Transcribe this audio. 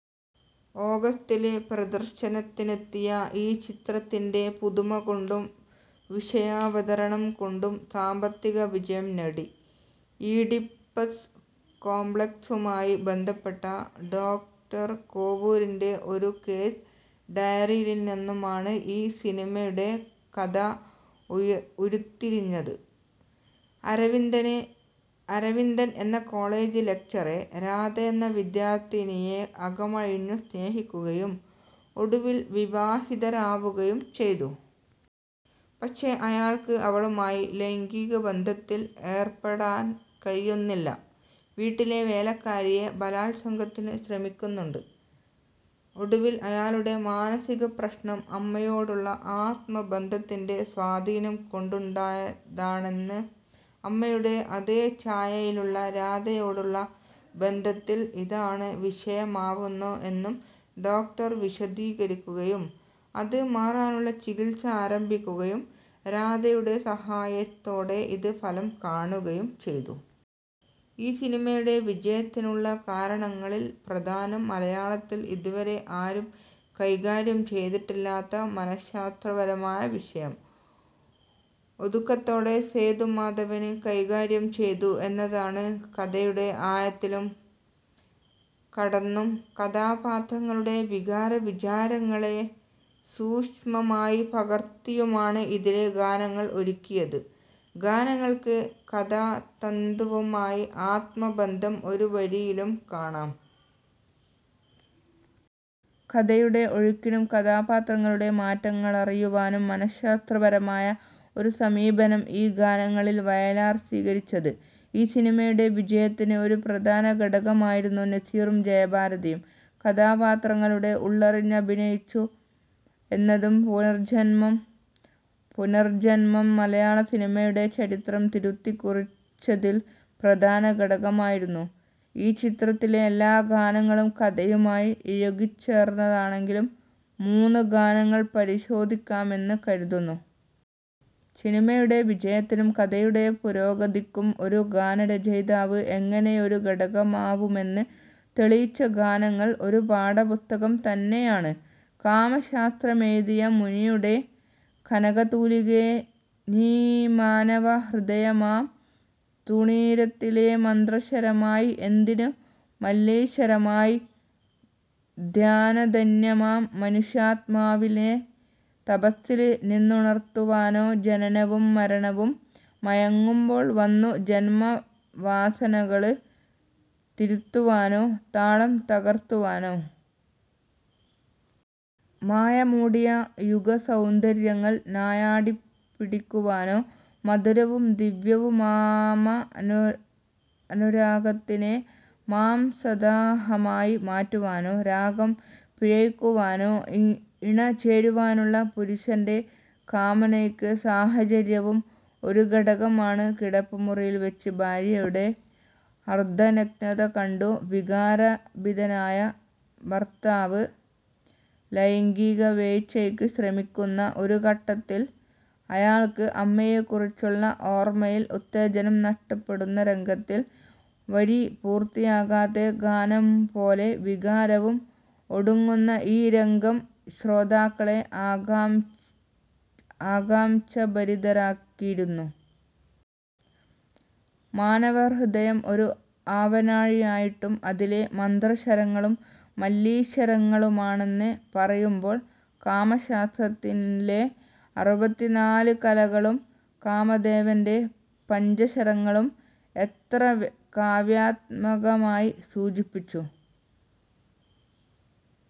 ഓഗസ്റ്റില് പ്രദര്ശനത്തിനെത്തിയ ഈ ചിത്രത്തിന്റെ പുതുമകൊണ്ടും വിഷയാവതരണം കൊണ്ടും സാമ്പത്തിക വിജയം നേടി. ഈഡിപ്പസ് കോംപ്ലക്സുമായി ബന്ധപ്പെട്ട, ഡോ. കോവൂരിന്റെ ഒരു കേസ് ഡയറിയില്നിന്നുമാണ് ഈ സിനിമയുടെ കഥ ഉരുത്തിരിഞ്ഞത്. അരവിന്ദന് എന്ന കോളജ് ലക്ചറര് രാധയെന്ന വിദ്യാര്ത്ഥിനിയെ അകമഴിഞ്ഞു സ്നേഹിക്കുകയും ഒടുവില് വിവാഹിതരാവുകയും ചെയ്തു. പക്ഷേ, അയാള്ക്ക് അവളുമായി ലൈംഗികബന്ധത്തില് ഏര്പ്പെടാന് കഴിയുന്നില്ല. വീട്ടിലെ വേലക്കാരിയെ ബലാല്സംഗത്തിനു ശ്രമിക്കുന്നുമുണ്ട്. ഒടുവില് അയാളുടെ മാനസിക പ്രശ്നം അമ്മയോടുള്ള ആത്മബന്ധത്തിന്റെ സ്വാധീനംകൊണ്ടുണ്ടായതാണെന്നും അമ്മയുടെ അതേ ഛായയിലുള്ള രാധയോടുള്ള ബന്ധത്തില് ഇതാണ് വിഷയമാവുന്നതെന്നു ഡോക്ടര് വിശദീകരിക്കുകയും അത് മാറാനുള്ള ചികിത്സ ആരംഭിക്കുകയും രാധയുടെ സഹായത്തോടെ ഇത് ഫലം കാണുകയും ചെയ്യുന്നു. ഈ സിനിമയുടെ വിജയത്തിനുള്ള കാരണങ്ങളില് പ്രധാനം മലയാളത്തില് ഇതുവരെ ആരും കൈകാര്യം ചെയ്തിട്ടില്ലാത്ത മനഃശാസ്ത്രപരമായ വിഷയം ഒതുക്കത്തോടെ സേതുമാധവന് കൈകാര്യം ചെയ്തു എന്നതാണ്. കഥയുടെ ആഴത്തിലേക്കു കടന്നും കഥാപാത്രങ്ങളുടെ വികാരവിചാരങ്ങളെ സൂക്ഷ്മമായി പകര്ത്തിയുമാണ് ഇതിലെ ഗാനങ്ങള് ഒരുക്കിയത്. ഗാനങ്ങള്ക്ക് കഥാതന്തുവുമായി ആത്മബന്ധം ഓരോ വരിയിലും കാണാം. കഥയുടെ ഒഴുക്കിനും കഥാപാത്രങ്ങളുടെ മാറ്റങ്ങളറിയുവാനും മനഃശാസ്ത്രപരമായ ഒരു സമീപനം ഈ ഗാനങ്ങളില് വയലാര് സ്വീകരിച്ചത് ഈ സിനിമയുടെ വിജയത്തിന് ഒരു പ്രധാനഘടകമായിരുന്നു. നസീറും ജയഭാരതിയും കഥാപാത്രങ്ങളുടെ ഉള്ളറിഞ്ഞഭിനയിച്ചു എന്നതും പുനര്ജ്ജന്മം മലയാളസിനിമയുടെ ചരിത്രം തിരുത്തിക്കുറിച്ചതില് പ്രധാനഘടകമായിരുന്നു. ഈ ചിത്രത്തിലെ എല്ലാ ഗാനങ്ങളും കഥയുമായി ഇഴുകിച്ചേര്ന്നതാണെങ്കിലും മൂന്നു ഗാനങ്ങള് പരിശോധിക്കാമെന്ന് കരുതുന്നു. സിനിമയുടെ വിജയത്തിനും കഥയുടെ പുരോഗതിക്കും ഒരു ഗാനരചയിതാവ് എങ്ങനെയൊരു ഘടകമാവുമെന്ന് തെളിയിച്ച ഗാനങ്ങള് ഒരു പാഠപുസ്തകം തന്നെയാണ്. കാമശാസ്ത്രമെഴുതിയ മുനിയുടെ കനക തൂലികേ നീ മാനവഹൃദയമാം തൂണീരത്തിലെ മന്ത്രശരമായി എന്തിനു മല്ലീശരമായി. ധ്യാനധന്യമാം മനുഷ്യാത്മാവിനെ തപസ്സില് നിന്നുണര്ത്തുവാനോ ജനനവും മരണവും മയങ്ങുമ്പോള് വന്നു ജന്മവാസനകള് തിരുത്തുവാനോ താളം തകര്ക്കുവാനോ. മായമൂടിയ യുഗസൗന്ദര്യങ്ങള് നായാടിപ്പിടിക്കുവാനോ മധുരവും ദിവ്യവുമാമനുരാഗത്തിനെ മാംസദാഹമായ് മാറ്റുവാനോ രാഗം പിഴയ്ക്കുവാനോ ഇണ ചേരുവാനുള്ള പുരുഷന്റെ കാമനയ്ക്ക് സാഹചര്യവും ഒരു ഘടകമാണ്. കിടപ്പുമുറിയില് വച്ച് ഭാര്യയുടെ അര്ദ്ധനഗ്നത കണ്ടു വികാരഭരിതനായ ഭര്ത്താവ് ലൈംഗികവേഴ്ചയ്ക്ക് ശ്രമിക്കുന്ന ഒരു ഘട്ടത്തില് അയാള്ക്ക് അമ്മയെക്കുറിച്ചുള്ള ഓര്മയില് ഉത്തേജനം നഷ്ടപ്പെടുന്ന രംഗത്തില്, വരി പൂര്ത്തിയാകാത്ത ഗാനം പോലെ വികാരവും ഒടുങ്ങുന്ന ഈ രംഗം ശ്രോതാക്കളെ ആംകാംക്ഷാഭരിതരാക്കിയിരുന്നു. മാനവഹൃദയം ഒരു ആവനാഴിയായിട്ടും അതിലെ മന്ത്രശരങ്ങളും മല്ലീശരങ്ങളുമാണെന്ന് പറയുമ്പോള് കാമശാസ്ത്രത്തിലെ അറുപത്തിനാല് കലകളും കാമദേവന്റെ പഞ്ചശരങ്ങളും എത്ര കാവ്യാത്മകമായി സൂചിപ്പിച്ചു